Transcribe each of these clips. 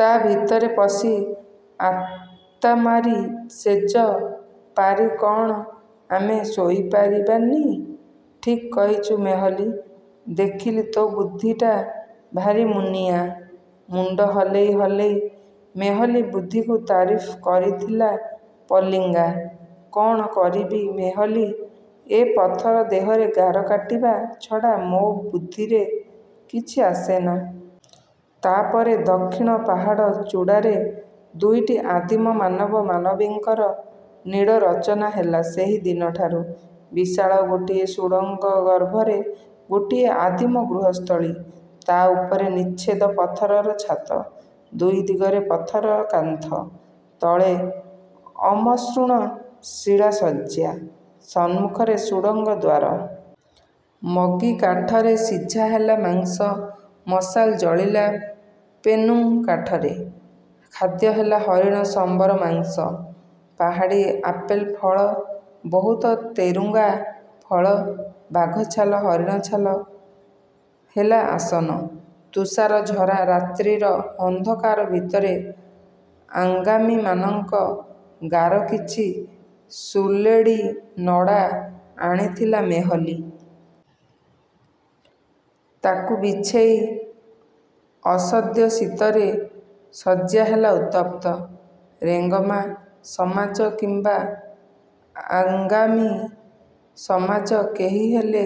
ତା ଭିତରେ ପଶି ଆତାମାରୀ ଶେଯ ପାରି କ'ଣ ଆମେ ଶୋଇପାରିବା ନି? –ଠିକ୍ କହିଚୁ ମେହଲୀ। ଦେଖିଲି, ତୋ ବୁଦ୍ଧିଟା ଭାରି ମୁନିଆଁ। ମୁଣ୍ଡ ହଲେଇ ହଲେଇ ମେହଲୀ ବୁଦ୍ଧିକୁ ତାରିଫ କରିଥିଲା ପଲିଙ୍ଗା। କ'ଣ କରିବି ମେହଲୀ। ଏ ପଥର ଦେହରେ ଗାର କଟିବା ଛଡ଼ା, ମୋ ବୁଦ୍ଧିରେ କିଛି ଆସେନା। ତା ପରେ ଦକ୍ଷିଣ ପାହାଡ଼ ଚୂଡ଼ାରେ ଦୁଇଟି ଆଦିମ ମାନବ ମାନବିଙ୍କର ନୀଡ଼ ରଚନା ହେଲା ସେହି ଦିନଠାରୁ। ବିଶାଳ ଗୋଟିଏ ସୁଡ଼ଙ୍ଗଗର୍ଭରେ ଗୋଟିଏ ଆଦିମ ଗୃହସ୍ଥଳୀ। ତା ଉପରେ ନିଚ୍ଛେଦ ପଥରର ଛାତ। ଦୁଇ ଦିଗରେ ପଥର କାନ୍ଥ। ତଳେ ଅମସୃଣ ଶିଳାଶଯ୍ୟା। ସମ୍ମୁଖରେ ସୁଡ଼ଙ୍ଗଦ୍ୱାର। ମ-ଗି କାଠରେ ଶିଝା ହେଲା ମାଂସ, ମଶାଲ ଜଳିଲା ପେନୁଂ କାଠରେ। ଖାଦ୍ୟ ହେଲା ହରିଣ, ସମ୍ବର ମାଂସ, ପାହାଡ଼ୀ ଆପେଲ ଫଳ, ବହୁତ ତେରୁଙ୍ଗା ଫଳ। ବାଘ ଛାଲ, ହରିଣ ଛାଲ ହେଲା ଆସନ। ତୁଷାରଝରା ରାତ୍ରିର ଅନ୍ଧକାର ଭିତରେ ଆଙ୍ଗାମୀମାନଙ୍କ ଗାର କିଛି ସୁଲେଡ଼ି ନଡ଼ା ଆଣିଥିଲା ମେହଲୀ। ତାକୁ ବିଛେଇ ଅସଦ୍ୟ ଶୀତରେ ଶଯ୍ୟା ହେଲା ଉତ୍ତପ୍ତ। ରେଂଗମା ସମାଜ କିମ୍ବା ଆଗାଂମୀ ସମାଜ କେହିହେଲେ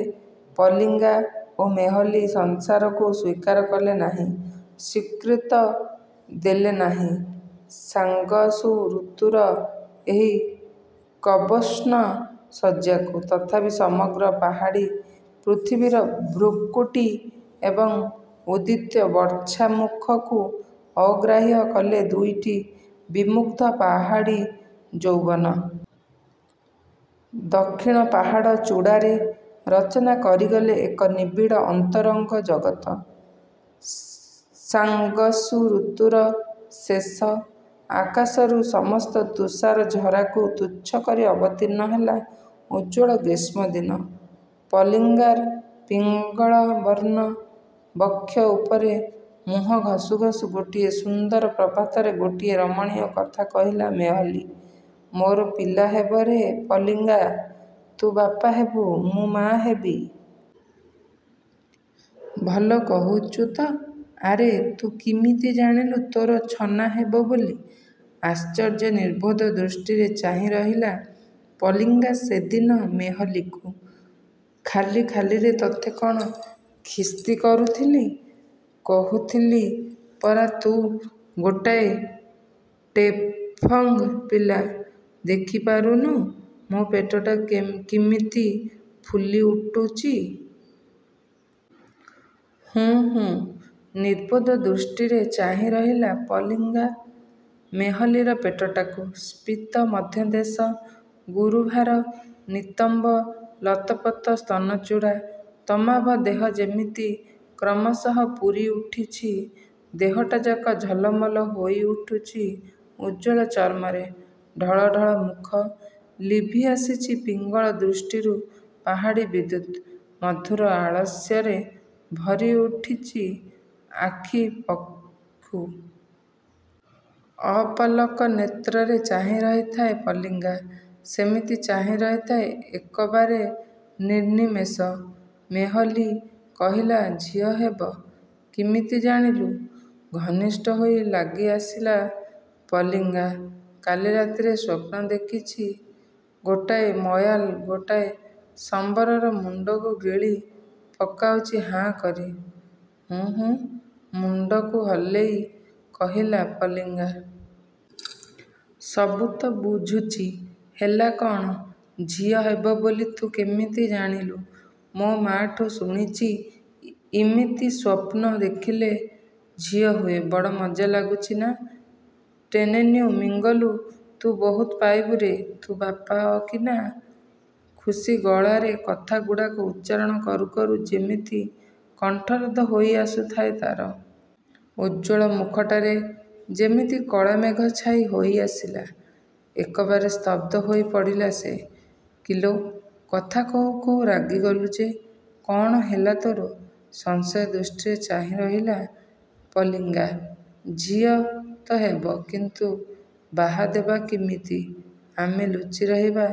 ପଲିଂଗା ଓ ମେହଲୀ ସଂସାରକୁ ସ୍ୱୀକାର କଲେ ନାହିଁ, ସ୍ୱୀକୃତ ଦେଲେ ନାହିଁ ସାଂଗସୁ ଋତୁର ଏହି କବୋଷ୍ଣ ଶଯ୍ୟାକୁ। ତଥାପି ସମଗ୍ର ପାହାଡ଼ୀ ପୃଥିବୀର ଭ୍ରୁକୁଟି ଏବଂ ଉଦ୍ୟତ ବର୍ଚ୍ଛାମୁଖକୁ ଅଗ୍ରାହ୍ୟ କଲେ ଦୁଇଟି ବିମୁଗ୍ଧ ପାହାଡ଼ୀ ଯୌବନ। ଦକ୍ଷିଣ ପାହାଡ଼ ଚୂଡ଼ାରେ ରଚନା କରିଗଲେ ଏକ ନିବିଡ଼ ଅନ୍ତରଙ୍ଗ ଜଗତ। ସାଂଗସୁ ୠତୁର ଶେଷ। ଆକାଶରୁ ସମସ୍ତ ତୁଷାରଝରାକୁ ତୁଚ୍ଛ କରି ଅବତୀର୍ଣ୍ଣ ହେଲା ଉଜ୍ଜ୍ୱଳ ଗ୍ରୀଷ୍ମଦିନ। ପଲିଂଗାର ପିଂଗଳବର୍ଣ୍ଣ ବକ୍ଷ ଉପରେ ମୁହଁ ଘଷୁ ଘଷୁ ଗୋଟିଏ ସୁନ୍ଦର ପ୍ରଭାତରେ ଗୋଟିଏ ରମଣୀୟ କଥା କହିଲା ମେହଲୀ –ମୋର ପିଲା ହେବ ରେ ପଲିଂଗା, ତୁ ବାପ ହେବୁ, ମୁଁ ମାଆ ହେବି। –ଭଲ କହୁଚୁ ତ? ଆରେ ତୁ କିମିତି ଜାଣିଲୁ ତୋର ଛନା ହେବ ବୋଲି। ଆଶ୍ଚର୍ଯ୍ୟ ନିର୍ବୋଧ ଦୃଷ୍ଟିରେ ଚାହିଁ ରହିଥିଲା ପଲିଂଗା ସେଦିନ ମେହଲୀକୁ। –ଖାଲି ଖାଲିରେ ତତେ କ'ଣ ଖିସ୍ତି କରୁଥିଲି? କହୁଥିଲି ପରା ତୁ ଗୋଟାଏ ଟେଫଗଂ ପିଲା! ଦେଖିପାରୁନୁ ମୋ ପେଟଟା କିମିତି ଫୁଲି ଉଠୁଚି? ''ହୁଁ, ହୁଁ''। ନିର୍ବୋଧ ଦୃଷ୍ଟିରେ ଚାହିଁରହିଲା ପଲିଂଗା ମେହଲୀର ପେଟଟାକୁ। ସ୍ଫୀତ ମଧ୍ୟଦେଶ, ଗୁରୁଭାର ନିତମ୍ବ ଲତପତ ସ୍ତନଚୁଡ଼ା। ତମାଭ ଦେହ ଯେମିତି କ୍ରମଶଃ ପୂରିଉଠିଛି। ଦେହଟାଯାକ ଝଲମଲ ହୋଇଉଠୁଚି ଉଜ୍ଜ୍ୱଳ ଚର୍ମରେ। ଢଳ ଢଳ ମୁଖ। ଲିଭିଆସିଚି ପିଂଗଳ ଦୃଷ୍ଟିରୁ ପାହାଡ଼ୀ ବିଦ୍ୟୁତ୍। ମଧୁର ଆଳସ୍ୟରେ ଭରିଉଠିଚି ଆଖିପକ୍ଷୁ। ଅପଲକ ନେତ୍ରରେ ଚାହିଁରହିଥାଏ ପଲିଙ୍ଗା। ସେମିତି ଚାହିଁ ରହିଥାଏ, ଏକବାରେ ନିର୍ନିମେଷ। ମେହଲୀ କହିଲା, ଝିଅ ହେବ। କିମିତି ଜାଣିଲୁ? ଘନିଷ୍ଠ ହୋଇ ଲାଗିଆସିଲା ପଲିଂଗା। –କାଲି ରାତିରେ ସ୍ୱପ୍ନ ଦେଖିଚି ଗୋଟାଏ ମୟାଲ ଗୋଟାଏ ସମ୍ବରର ମୁଣ୍ଡକୁ ଗିଳି ପକାଉଚି ହାଁକରି। ''ହୁଁ ହୁଁ''-ମୁଣ୍ଡକୁ ହଲେଇ କହିଲା ପଲିଂଗା। -ସବୁ ତ ବୁଝୁଚି, ହେଲା କ'ଣ, ଝିଅ ହେବ ବୋଲି ତୁ କିମିତି ଜାଣିଲୁ? –ମୋ ମା'ଠୁ ଶୁଣିଚି, ଇମିତି ସ୍ୱପ୍ନ ଦେଖିଲେ ଝିଅ ହୁଏ। ବଡ଼ ମଜା ଲାଗୁଚି ନା? ଟେନେନ୍ୟୁ ମିଂଗଲୁ ତୁ ବହୁତ ପାଇବୁ ରେ। ତୁ ବାପ କିନା! ଖୁସି ଗଳାରେ କଥାଗୁଡ଼ାକ ଉଚ୍ଚାରଣ କରୁ କରୁ ଯେମିତି କଣ୍ଠରୋଧ ହୋଇଆସୁଥାଏ ତାର। ଉଜ୍ଜ୍ୱଳ ମୁଖଟାରେ ଯେମିତି କଳା ମେଘ ଛାଇ ହୋଇଆସିଲା। ଏକବାରେ ସ୍ତବ୍ଧ ହୋଇପଡ଼ିଲା ସେ। –କିଲୋ, କଥା କହୁ କହୁ ରହିଗଲୁ ଯେ! କ'ଣ ହେଲା ତୋର? ସଂଶୟ ଦୃଷ୍ଟିରେ ଚାହିଁରହିଲା ପଲିଙ୍ଗା। –ଝିଅ ତ ହେବ, କିନ୍ତୁ ବାହା ଦେବା କିମିତି? ଆମେ ଲୁଚିରହିବା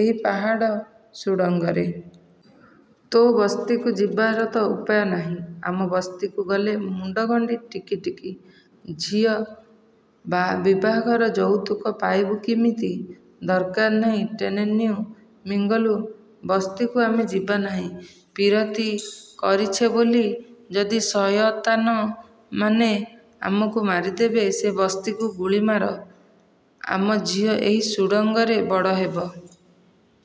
ଏହି ପାହାଡ଼ ସୁଡ଼ଙ୍ଗରେ। ତୋ ବସ୍ତିକୁ ଯିବାର ତ ଉପାୟ ନାହିଁ। ଆମ ବସ୍ତିକୁ ଗଲେ ମୁଣ୍ଡଗଣ୍ଡି ଟିକି ଟିକି। ଝିଅ ବିବାହରେ ଯଉତୁକ ପାଇବୁ କିମିତି? –ଦରକାର ନାହିଁ ଟେନେନ୍ୟୁ ମିଙ୍ଗଲୁ। ବସ୍ତିକୁ ଆମେ ଯିବା ନାହିଁ। ପୀରତି କରିଛେ ବୋଲି ଯଦି ଶୟତାନମାନେ ଆମକୁ ମାରିଦେବେ ସେ ବସ୍ତିକୁ ଗୁଳି ମାର। ଆମ ଝିଅ ଏହି ସୁଡ଼ଙ୍ଗରେ ବଡ଼ ହେବ।